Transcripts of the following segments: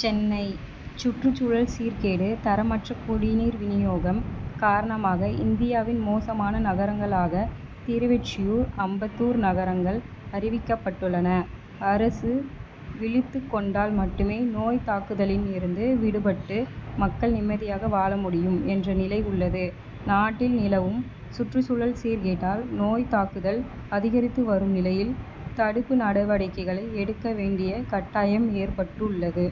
சென்னை: சுற்றுச்சூழல் சீர்கேடு, தரமற்ற குடிநீர் விநியோகம் காரணமாக இந்தியாவின் மோசமான நகரங்களாக திருவொற்றியூர், அம்பத்தூர் நகரங்கள் அறிவிக்கப்பட்டுள்ளன. அரசு விழித்துக் கொண்டால் மட்டுமே நோய் தாக்குதலில் இருந்து விடுபட்டு, மக்கள் நிம்மதியாக வாழ முடியும் என்ற நிலை உள்ளது. நாட்டில் நிலவும் சுற்றுச்சூழல் சீர்கேட்டால் நோய் தாக்குதல் அதிகரித்து வரும் நிலையில், தடுப்பு நடவடிக்கைகளை எடுக்க வேண்டிய கட்டாயம் ஏற்பட்டுள்ளது.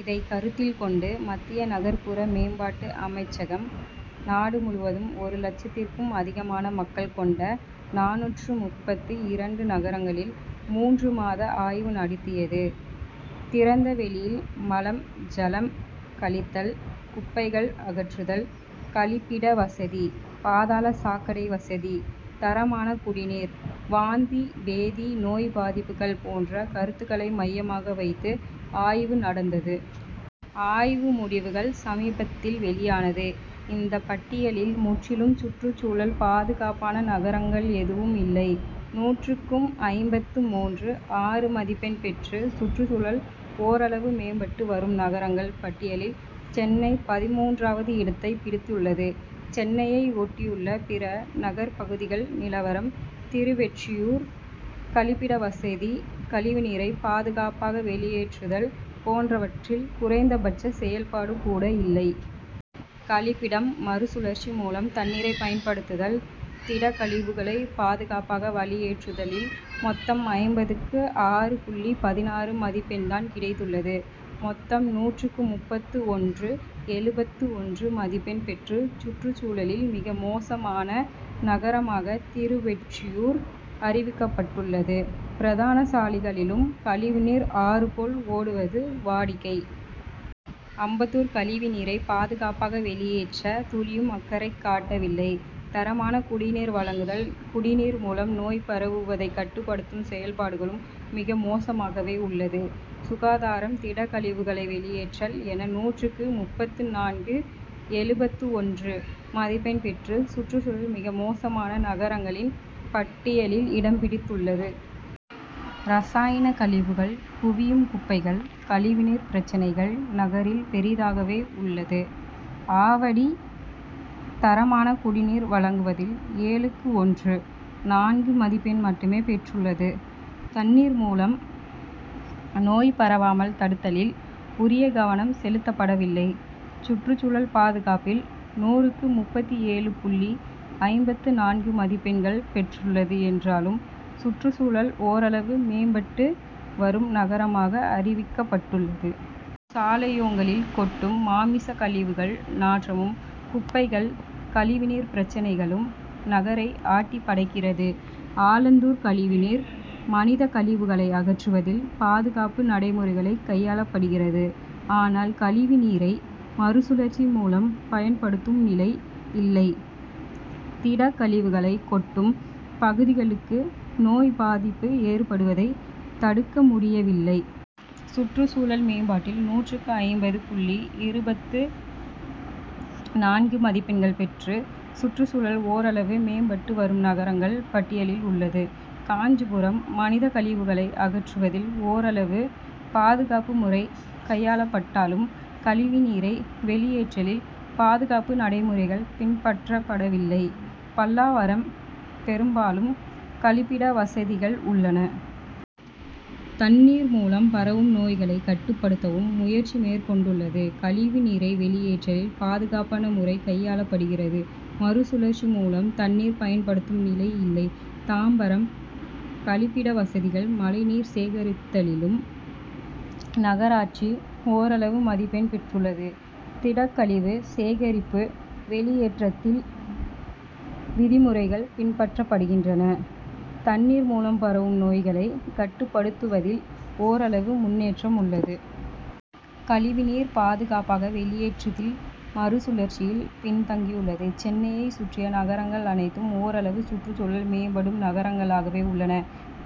இதைக் கருத்தில் கொண்டு, மத்திய நகர்புற மேம்பாட்டு அமைச்சகம், நாடு முழுவதும் ஒரு லட்சத்திற்கும் அதிகமான மக்கள் கொண்ட, நானூற்று முப்பத்து இரண்டு நகரங்களில் மூன்று மாத ஆய்வு நடத்தியது. திறந்த வெளியில் மலம், ஜலம் கழித்தல், குப்பைகள் அகற்றுதல், கழிப்பிட வசதி, பாதாள சாக்கடை வசதி, தரமான குடிநீர், வாந்தி, பேதி நோய் பாதிப்புக்கள் போன்ற கருத்துக்களை மையமாக வைத்து ஆய்வு நடந்தது. ஆய்வு முடிவுகள் சமீபத்தில் வெளியானது. இந்த பட்டியலில் முற்றிலும் சுற்றுச்சூழல் பாதுகாப்பான நகரங்கள் எதுவும் இல்லை. நூற்றுக்கு ஐம்பத்து மூன்று.ஆறு மதிப்பெண் பெற்று, சுற்றுச்சூழல் ஓரளவு மேம்பட்டு வரும் நகரங்கள் பட்டியலில் சென்னை பதின்மூன்றாவது இடத்தைப் பிடித்துள்ளது. சென்னையை ஒட்டியுள்ள பிற நகர் பகுதிகள் நிலவரம்: திருவொற்றியூர் கழிப்பிட வசதி, கழிவுநீரை பாதுகாப்பாக வெளியேற்றுதல் போன்றவற்றில் குறைந்தபட்ச செயல்பாடு கூட இல்லை. கழிப்பிடம், மறுசுழற்சி மூலம் தண்ணீரை பயன்படுத்தல், திடக்கழிவுகளை பாதுகாப்பாக வெளியேற்றுதலில் மொத்தம் ஐம்பதுக்கு ஆறு புள்ளி பதினாறு மதிப்பெண்தான் கிடைத்துள்ளது. மொத்தம் நூற்றுக்கு முப்பத்து ஒன்று.எழுபத்து ஒன்று மதிப்பெண் பெற்று சுற்றுச்சூழலில் மிக மோசமான நகரமாக திருவொற்றியூர் அறிவிக்கப்பட்டுள்ளது. பிரதான சாலைகளிலும் கழிவுநீர் ஆறுபோல் ஓடுவது வாடிக்கை. அம்பத்தூர் கழிவுநீரை பாதுகாப்பாக வெளியேற்ற துளியும் அக்கறை காட்டவில்லை. தரமான குடிநீர் வழங்குதல், குடிநீர் மூலம் நோய் பரவுவதைக் கட்டுப்படுத்தும் செயல்பாடுகளும் மிக மோசமாகவே உள்ளது. சுகாதாரம், திடக்கழிவுகளை வெளியேற்றல் என நூற்றுக்கு முப்பத்து நான்கு.எழுபத்து ஒன்று மதிப்பெண் பெற்று, சுற்றுச்சூழல் மிக மோசமான நகரங்களின் பட்டியலில் இடம்பிடித்துள்ளது. ரசாயனக் கழிவுகள், குவியும் குப்பைகள், கழிவுநீர் பிரச்னைகள் நகரில் பெரிதாகவே உள்ளது. ஆவடி தரமான குடிநீர் வழங்குவதில் ஏழுக்கு ஒன்று.நான்கு மதிப்பெண் மட்டுமே பெற்றுள்ளது. தண்ணீர் மூலம் நோய் பரவாமல் தடுத்தலில் உரிய கவனம் செலுத்தப்படவில்லை. சுற்றுச்சூழல் பாதுகாப்பில் நூறுக்கு, முப்பத்து ஏழு புள்ளி ஐம்பத்து நான்கு மதிப்பெண் பெற்றுள்ளது என்றாலும், சுற்றுச்சூழல் ஓரளவு மேம்பட்டு வரும் நகரமாக அறிவிக்கப்பட்டுள்ளது. சாலையோங்களில் கொட்டும் மாமிச கழிவுகள் நாற்றமும், குப்பைகள், கழிவுநீர் பிரச்னைகளும் நகரை ஆட்டிப்படைக்கிறது. ஆலந்தூர் கழிவுநீர், மனிதக் கழிவுகளை அகற்றுவதில் பாதுகாப்பு நடைமுறைகளைக் கையாளப்படுகிறது. ஆனால், கழிவுநீரை மறுசுழற்சி மூலம் பயன்படுத்தும் நிலை இல்லை. திடக்கழிவுகளை கொட்டும் பகுதிகளுக்கு நோய் பாதிப்பு ஏற்படுவதைத் தடுக்க முடியவில்லை. சுற்றுச்சூழல் மேம்பாட்டில் நூறுக்கு ஐம்பது புள்ளி இருபத்து நான்கு மதிப்பெண்கள் பெற்று, சுற்றுச்சூழல் ஓரளவு மேம்பட்டு வரும் நகரங்கள் பட்டியலில் உள்ளது. காஞ்சிபுரம் மனித கழிவுகளை அகற்றுவதில் ஓரளவு பாதுகாப்பு முறை கையாளப்பட்டாலும், கழிவுநீரை வெளியேற்றலில் பாதுகாப்பு நடைமுறைகள் பின்பற்றப்படவில்லை. பல்லாவரம் பெரும்பாலும் கழிப்பிட வசதிகள் உள்ளன. தண்ணீர் மூலம் பரவும் நோய்களைக் கட்டுப்படுத்தவும் முயற்சி மேற்கொண்டுள்ளது. கழிவுநீரை வெளியேற்றலில் பாதுகாப்பான முறை கையாளப்படுகிறது. மறுசுழற்சி மூலம் தண்ணீர் பயன்படுத்தும் நிலை இல்லை. தாம்பரம்:கழிப்பிட வசதிகள், மழைநீர் சேகரித்தலிலும் நகராட்சி ஓரளவு மதிப்பெண் பெற்றுள்ளது. திடக்கழிவு சேகரிப்பு, வெளியேற்றத்தில் விதிமுறைகள் பின்பற்றப்படுகின்றன. தண்ணீர் மூலம் பரவும் நோய்களை கட்டுப்படுத்துவதில் ஓரளவு முன்னேற்றம் உள்ளது. கழிவுநீர் பாதுகாப்பாக வெளியேற்றுதில், மறுசுழற்சியில் பின்தங்கியுள்ளது. சென்னையை சுற்றிய நகரங்கள் அனைத்தும் ஓரளவு சுற்றுச்சூழல் மேம்படும் நகரங்களாகவே உள்ளன.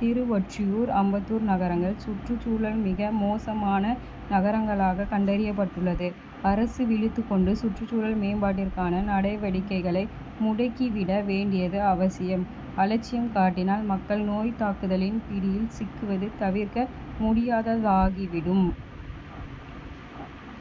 திருவொற்றியூர், அம்பத்தூர் நகரங்கள் சுற்றுச்சூழல் மிக மோசமான நகரங்களாக கண்டறியப்பட்டுள்ளது. அரசு விழித்துக் கொண்டு, சுற்றுச்சூழல் மேம்பாட்டிற்கான நடவடிக்கைகளை முடுக்கிவிட வேண்டியது அவசியம். அலட்சியம் காட்டினால், மக்கள் நோய் தாக்குதலின் பிடியில் சிக்குவது தவிர்க்க முடியாததாகிவிடும்.